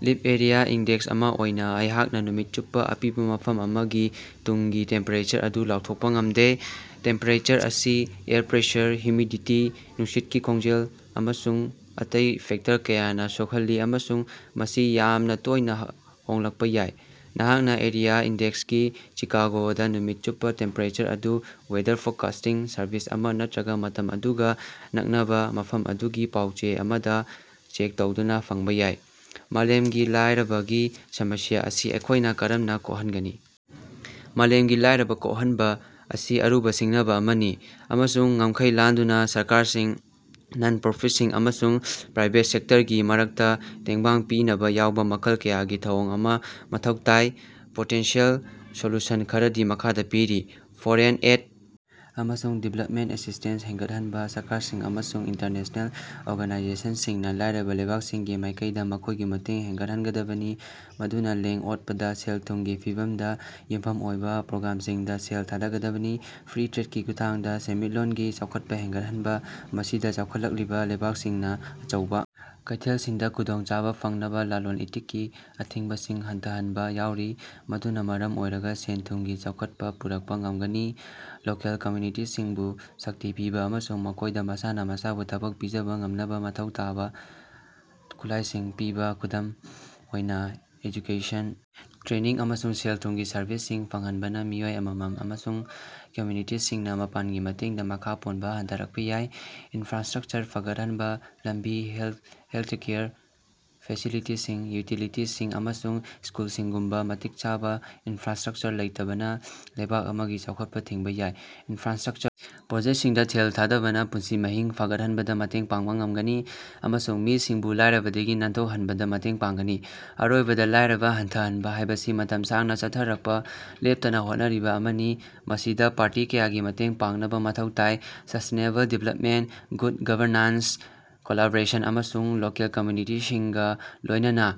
ꯂꯤꯞ area index ꯑꯃ ꯑꯣꯏꯅ ꯑꯩꯍꯥꯛꯅ ꯅꯨꯃꯤꯠ ꯆꯨꯞꯄ ꯑꯄꯤꯕ ꯃꯐꯝ ꯑꯃꯒꯤ ꯇꯨꯡꯒꯤ ꯇꯦꯝꯄꯦꯔꯦꯆꯔ ꯑꯗꯨ ꯂꯥꯎꯊꯣꯛꯄ ꯉꯝꯗꯦ꯫ ꯇꯦꯝꯄꯦꯔꯦꯆꯔ ꯑꯁꯤ ꯑꯦꯌꯔ ꯄ꯭ꯔꯦꯁꯔ, ꯍꯨꯃꯤꯗꯤꯇꯤ, ꯅꯨꯡꯁꯤꯠꯀꯤ ꯈꯣꯡꯖꯦꯜ ꯑꯃꯁꯨꯡ ꯑꯇꯩ ꯐꯦꯛꯇꯔ ꯀꯌꯥꯅ ꯁꯣꯛꯍꯜꯂꯤ ꯑꯃꯁꯨꯡ ꯃꯁꯤ ꯌꯥꯝꯅꯥ ꯇꯣꯏꯅꯥ ꯍꯣꯡꯂꯛꯄ ꯌꯥꯏ꯫ ꯅꯍꯥꯛꯅ ꯑꯦꯔꯤꯌꯥ ꯏꯟꯗꯦꯛꯁ ꯒꯤ ꯆꯤꯀꯥꯒꯣꯗ ꯅꯨꯃꯤꯠ ꯆꯨꯞꯄ ꯇꯦꯝꯄꯦꯔꯦꯆꯔ ꯑꯗꯨ ꯋꯦꯗꯔ ꯐꯣꯔꯀꯥꯁꯇꯤꯡ ꯁꯔꯚꯤꯁ ꯑꯃ ꯅꯠꯇ꯭ꯔꯒ ꯃꯇꯝ ꯑꯗꯨꯒ ꯅꯛꯅꯕ ꯃꯐꯝ ꯑꯗꯨꯒꯤ ꯄꯥꯎ-ꯆꯦ ꯑꯃꯗ ꯆꯦꯛ ꯇꯧꯗꯨꯅ ꯐꯪꯕ ꯌꯥꯏ꯫ ꯃꯥꯂꯦꯝꯒꯤ ꯂꯥꯏꯔꯕꯒꯤ ꯁꯃꯁ꯭ꯌꯥ ꯑꯁꯤ ꯑꯩꯈꯣꯏꯅ ꯀꯔꯝꯅ ꯀꯣꯛꯍꯟꯒꯅꯤ? ꯃꯥꯂꯦꯝꯒꯤ ꯂꯥꯏꯔꯕ ꯀꯣꯛꯍꯟꯕ ꯑꯁꯤ ꯑꯔꯨꯕ ꯁꯤꯡꯅꯕ ꯑꯃꯅꯤ ꯫ ꯑꯃꯁꯨꯡ ꯉꯝꯈꯩ ꯂꯥꯟꯗꯨꯅ ꯁꯔꯀꯥꯔꯁꯤꯡ, ꯅꯟ-ꯄ꯭ꯔꯣꯐꯤꯠꯁꯤꯡ ꯑꯃꯁꯨꯡ ꯄ꯭ꯔꯥꯏꯕꯦꯠ ꯁꯦꯛꯇꯔꯒꯤ ꯃꯔꯛꯇ ꯇꯦꯡꯕꯥꯡ ꯄꯤꯅꯕ ꯌꯥꯎꯕ ꯃꯈꯜ ꯀꯌꯥꯒꯤ ꯊꯧꯑꯣꯡ ꯑꯃ ꯃꯊꯧ ꯇꯥꯏ꯫ ꯄꯣꯇꯦꯟꯁꯤꯌꯦꯜ ꯁꯣꯂꯨꯁꯟ ꯈꯔꯗꯤ ꯃꯈꯥꯗ ꯄꯤꯔꯤ: ꯐꯣꯔꯦꯟ ꯑꯦꯏꯗ ꯑꯃꯁꯨꯡ ꯗꯤꯚꯂ꯭ꯄꯃꯦꯟꯇ ꯑꯦꯁꯤꯁ꯭ꯇꯦꯟꯁ ꯍꯦꯟꯒꯠꯍꯟꯕ ꯁꯔꯀꯥꯔꯁꯤꯡ ꯑꯃꯁꯨꯡ ꯏꯟꯇꯔꯅꯦꯁꯅꯦꯜ ꯑꯣꯔꯒꯥꯅꯥꯏꯖꯦꯁꯟꯁꯤꯡꯅ ꯂꯥꯏꯔꯕ ꯂꯩꯕꯥꯛꯁꯤꯡꯒꯤ ꯃꯥꯏꯀꯩꯗ ꯃꯈꯣꯏꯒꯤ ꯃꯇꯦꯡ ꯍꯦꯟꯒꯠꯍꯟꯒꯗꯕꯅꯤ ꯃꯗꯨꯅ ꯂꯦꯡ-ꯑꯣꯠꯄꯗ ꯁꯦꯜ-ꯊꯨꯝꯒꯤ ꯐꯤꯚꯝꯗ ꯌꯨꯝꯐꯝ ꯑꯣꯏꯕ ꯄ꯭ꯔꯣꯒ꯭ꯔꯥꯝꯁꯤꯡꯗ ꯁꯦꯜ ꯊꯥꯗꯒꯗꯕꯅꯤ꯫ ꯐ꯭ꯔꯤ ꯇ꯭ꯔꯦꯗꯀꯤ ꯈꯨꯠꯊꯥꯡꯗ ꯁꯦꯟꯃꯤꯠꯂꯣꯟꯒꯤ ꯆꯥꯎꯈꯠꯄ ꯍꯦꯟꯒꯠꯍꯟꯕ ꯃꯁꯤꯗ ꯆꯥꯎꯈꯠꯂꯛꯂꯤꯕ ꯂꯩꯕꯥꯛꯁꯤꯡꯅ ꯑꯆꯧꯕ ꯀꯩꯊꯦꯜꯁꯤꯡꯗ ꯈꯨꯗꯣꯡꯆꯥꯕ ꯐꯪꯅꯕ ꯂꯂꯣꯟ-ꯏꯇꯤꯛꯀꯤ ꯑꯊꯤꯡꯕꯁꯤꯡ ꯍꯟꯊꯍꯟꯕ ꯌꯥꯎꯔꯤ ꯫ ꯃꯗꯨꯅ ꯃꯔꯝ ꯑꯣꯏꯔꯒ ꯁꯦꯟ-ꯊꯨꯝꯒꯤ ꯆꯥꯎꯈꯠꯄ ꯄꯨꯔꯛꯄ ꯉꯝꯒꯅꯤ꯫ ꯂꯣꯀꯦꯜ ꯀꯝꯌꯨꯅꯤꯇꯤꯁꯤꯡꯕꯨ ꯁꯛꯇꯤ ꯄꯤꯕ ꯑꯃꯁꯨꯡ ꯃꯈꯣꯏꯗ ꯃꯁꯥꯅ ꯃꯁꯥꯕꯨ ꯊꯕꯛ ꯄꯤꯖꯕ ꯉꯝꯅꯕ ꯃꯊꯧ ꯇꯥꯕ ꯈꯨꯠꯂꯥꯏꯁꯤꯡ ꯄꯤꯕ- ꯈꯨꯗꯝ ꯑꯣꯏꯅꯥ ꯑꯦꯖꯨꯀꯦꯁꯟ ꯇ꯭ꯔꯦꯅꯤꯡ, ꯑꯃꯁꯨꯡ ꯁꯦꯜ-ꯊꯨꯝꯒꯤ ꯁꯔꯚꯤꯁꯁꯤꯡ ꯐꯪꯍꯟꯕꯅ ꯃꯤꯑꯣꯏ ꯑꯃꯃꯝ ꯑꯃꯁꯨꯡ ꯀꯝꯌꯨꯅꯤꯇꯤꯁꯤꯡꯅ ꯃꯄꯥꯟꯒꯤ ꯃꯇꯦꯡꯗ ꯃꯈꯥ ꯄꯣꯟꯕ ꯍꯟꯊꯔꯛꯄ ꯌꯥꯏ꯫ ꯏꯅꯐ꯭ꯔꯥꯁ꯭ꯇꯔꯛꯆꯔ ꯐꯒꯠꯍꯟꯕ- ꯂꯝꯕꯤ, ꯍꯦꯜꯊꯀꯦꯌꯔ ꯐꯦꯁꯤꯂꯤꯇꯤꯁꯤꯡ, ꯌꯨꯇꯤꯂꯤꯇꯤꯁꯤꯡ, ꯑꯃꯁꯨꯡ ꯁ꯭ꯀꯨꯜꯁꯤꯡꯒꯨꯝꯕ ꯃꯇꯤꯛ ꯆꯥꯕꯥ ꯏꯅꯐ꯭ꯔꯥꯁ꯭ꯇꯔꯛꯆꯔ ꯂꯩꯇꯕꯅ ꯂꯩꯕꯥꯛ ꯑꯃꯒꯤ ꯆꯥꯎꯈꯠꯄ ꯊꯤꯡꯕ ꯌꯥꯏ꯫ ꯏꯅꯐ꯭ꯔꯥꯁ꯭ꯇꯔꯛꯆꯔ ꯄ꯭ꯔꯣꯖꯦꯛꯇꯁꯤꯡꯗ ꯁꯦꯜ ꯊꯥꯗꯕꯅ ꯄꯨꯟꯁꯤ ꯃꯍꯤꯡ ꯐꯒꯠꯍꯟꯕꯗ ꯃꯇꯦꯡ ꯄꯥꯡꯕ ꯉꯝꯒꯅꯤ꯫ ꯑꯃꯁꯨꯡ ꯃꯤꯁꯤꯡꯕꯨ ꯂꯥꯏꯔꯕꯗꯒꯤ ꯅꯥꯟꯊꯣꯛꯍꯟꯕꯗ ꯃꯇꯦꯡ ꯄꯥꯡꯒꯅꯤ꯫ ꯑꯔꯣꯏꯕꯗ ꯂꯥꯏꯔꯕ ꯍꯟꯊꯍꯟꯕ ꯍꯥꯏꯕꯁꯤ ꯃꯇꯝ ꯁꯥꯡꯅꯥ ꯆꯠꯊꯔꯛꯄ ꯂꯦꯞꯇꯅ ꯍꯣꯠꯅꯔꯤꯕ ꯑꯃꯅꯤ꯫ ꯃꯁꯤꯗ ꯄꯥꯔꯇꯤ ꯀꯌꯥꯒꯤ ꯃꯇꯦꯡ ꯄꯥꯡꯅꯕ ꯃꯊꯧ ꯇꯥꯏ꯫ Sustainable development, good governance, collaboration, ꯑꯃꯁꯨꯡ ꯂꯣꯀꯦꯜ ꯀꯝꯝꯌꯨꯅꯤꯇꯤꯁꯤꯡꯒ ꯂꯣꯏꯅꯅ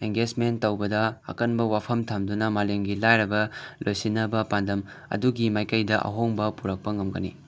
ꯑꯦꯡꯒꯦꯖꯃꯦꯟꯇ ꯇꯧꯕꯗ ꯑꯀꯟꯕ ꯋꯥꯐꯝ ꯊꯝꯗꯨꯅ ꯃꯥꯂꯦꯝꯒꯤ ꯂꯥꯏꯔꯕ ꯂꯣꯏꯁꯤꯟꯅꯕ ꯄꯥꯟꯗꯝ ꯑꯗꯨꯒꯤ ꯃꯥꯏꯀꯩꯗ ꯑꯍꯣꯡꯕ ꯄꯨꯔꯛꯄ ꯉꯝꯒꯅꯤ꯫।